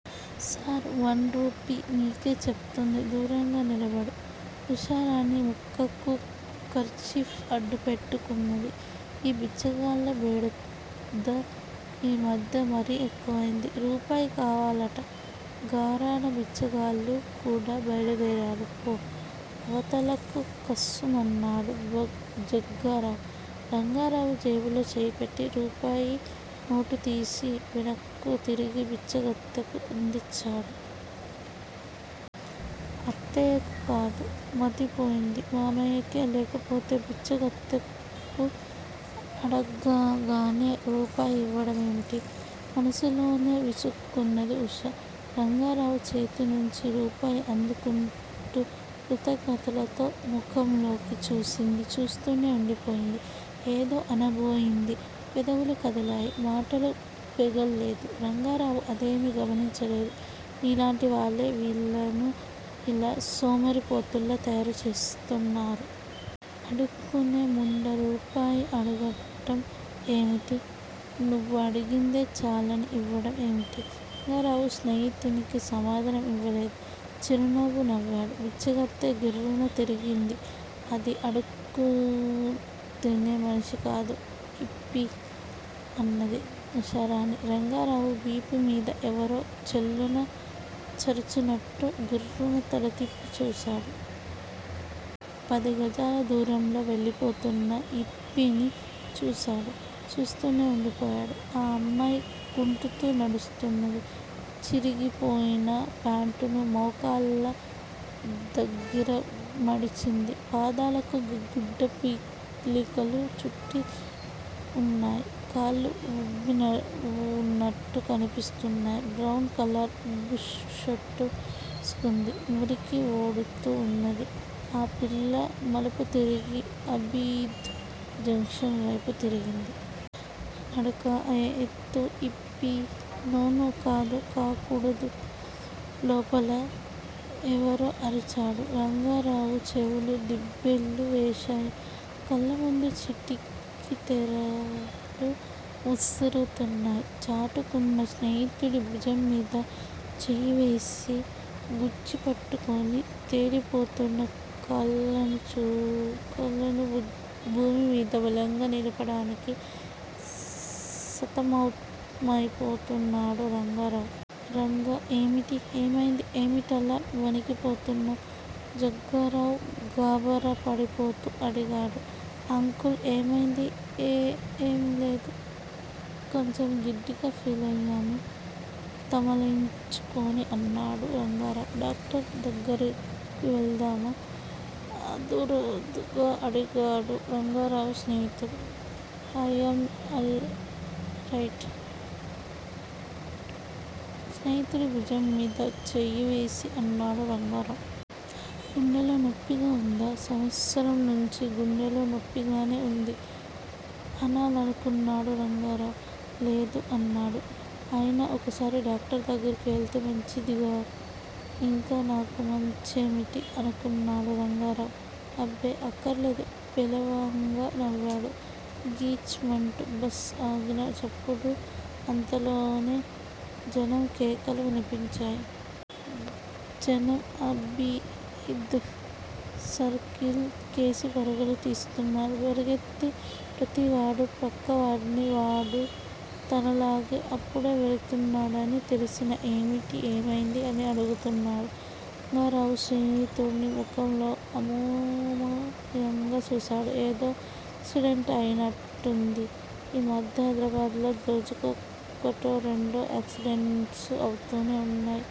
Sir! One rupee! నీకే చెప్తోంది. దూరంగా నిలబడు! ఉషారాణి ముక్కుకు కర్చీఫ్ అడ్డుపెట్టు కున్నది. ఈ బిచ్చగాళ్ళ బెడద ఈ మధ్య మరీ ఎక్కువైంది. రూపాయి కావాలట! ఘరానా బిచ్చగాళ్ళు కూడా బయలుదేరారు. పో! అవతలకు! కస్సుమన్నాడు జగ్గారావు. రంగారావు జేబులో చెయ్యిపెట్టి, రూపాయి నోటుతీసి వెనక్కు తిరిగి బిచ్చగత్తెకు అందించాడు. అత్తయ్యకు కాదు మతిపోయింది. మామయ్యకె లేకపోతే! బిచ్చగత్తెకు అడగగానే రూపాయి యివ్వడం ఏమిటి? మనసులోనే విసుక్కున్నది ఉష. రంగారావు చేతినుంచి రూపాయి అందుకుంటూ కృతజ్ఞతతో ముఖంలోకి చూసింది. చూస్తూనే ఉండిపోయింది. ఏదో అనబోయింది. పెదవులు కదిలాయి. మాటలు పెగల్లేదు. రంగారావు అదేమీ గమనించలేదు. నీలాంటి వాళ్ళే వీళ్ళను ఇలా సోమరిపోతుల్లా తయారు చేస్తున్నారు. అడుక్కునే ముండ రూపాయి అడగటం ఏమిటి? నువ్వు అడిగిందే చాలని ఇవ్వడం ఏమిటి? రంగారావు స్నేహితునికి సమాధానం ఇవ్వలేదు. చిరునవ్వు నవ్వాడు. బిచ్చగత్తె గిర్రున తిరిగింది. అది అడక్కుతినే మనిషి కాదు. హిప్పీ! అన్నది ఉషారాణి. రంగారావు వీపు మీద ఎవరో చెళ్ళున చరిచినట్టు గిర్రున తలతిప్పి చూశాడు. పదిగజాల దూరంలో వెళ్లిపోతున్న హిప్పీని చూశాడు. చూస్తూనే వుండిపోయాడు. ఆ అమ్మాయి కుంటుతూ నడుస్తున్నది. చిరిగిపోయిన ప్యాంటును మోకాళ్ళ దగ్గర మడిచింది. పాదాలకు గుడ్డపీలికలు చుట్టి వున్నాయి. కాళ్ళు వుబ్బివున్నట్టు కన్పిస్తున్నాయి. బ్రౌన్ కలర్ బుష్ షర్టు వేసుకుంది. మురికి వోడుతూ వున్నది. ఆ పిల్ల మలుపుతిరిగి ఆబిద్ జంక్షన్ వేపు తిరిగింది. ఆఁ నడక, ఆ ఎత్తు, హిప్పీ. నో నో కాదు. కాకూడదు లోపల ఎవరో అరిచాడు. రంగారావు చెవులు దిబ్బెళ్ళు వేశాయి. కళ్లముందు చీకటితెరలు ముసురుతున్నాయి. చటుక్కున స్నేహితుడి భుజంమీద చెయ్యివేసి గుచ్చి పట్టుకొని, తేలిపోతున్న కాళ్ళను భూమిమీద బలంగా నిలపడానికి సతమతమైపోతున్నాడు రంగారావు. రంగా! ఏమిటి? ఏమైంది? ఏమిటిలా వణికి పోతున్నావ్? జగ్గారావు గాభరా పడిపోతూ అడిగాడు. అంకుల్! ఏమైంది? ఏ ఏం లేదు. కొంచెం గిడ్డీగా ఫీలయ్యాను తమాయించుకొని అన్నాడు రంగారావు. డాక్టర్ దగ్గిరకు వెళదామా? ఆదుర్దాగా అడిగాడు రంగారావు స్నేహితుడు. I'm all right! స్నేహితుడి భుజంమీద చెయ్యివేసి అన్నాడు రంగారావు. గుండెలో నొప్పిగా వుందా? సంవత్సరం నుంచి గుండెలో నొప్పిగానే వుంది అనాలనుకున్నాడు రంగారావు. లేదు! అన్నాడు. అయినా ఒకసారి డాక్టర్ దగ్గిరకి వెళితే మంచిదిగా? ఇంకా నాకు మంచేమిటి? అనుకున్నాడు రంగారావు. అబ్బే! అక్కర్లేదు పేలవంగా నవ్వాడు. గీచ్ మంటూ బస్ ఆగిన చప్పుడూ, అంతలోనే జనం కేకలు విన్పించాయి. జనం ఆబిద్ సర్కిల్ కేసి పరుగులు తీస్తున్నారు. పరిగెత్తే ప్రతివాడూ, పక్కవాడ్ని, వాడూ తనలాగే అప్పుడే వెళుతున్నాడని తెలిసినా ఏమిటి? ఏమైంది? అని అడుగుతున్నాడు. రంగారావు స్నేహితుడి ముఖంలోకి అయోమయంగా చూశాడు. ఏదో యాక్సిడెంట్ అయినట్టుంది. ఈ మధ్య హైదరాబాద్ లో రోజుకు ఒకటో రెండో యాక్సిడెంట్సు అవుతూనే వున్నాయి.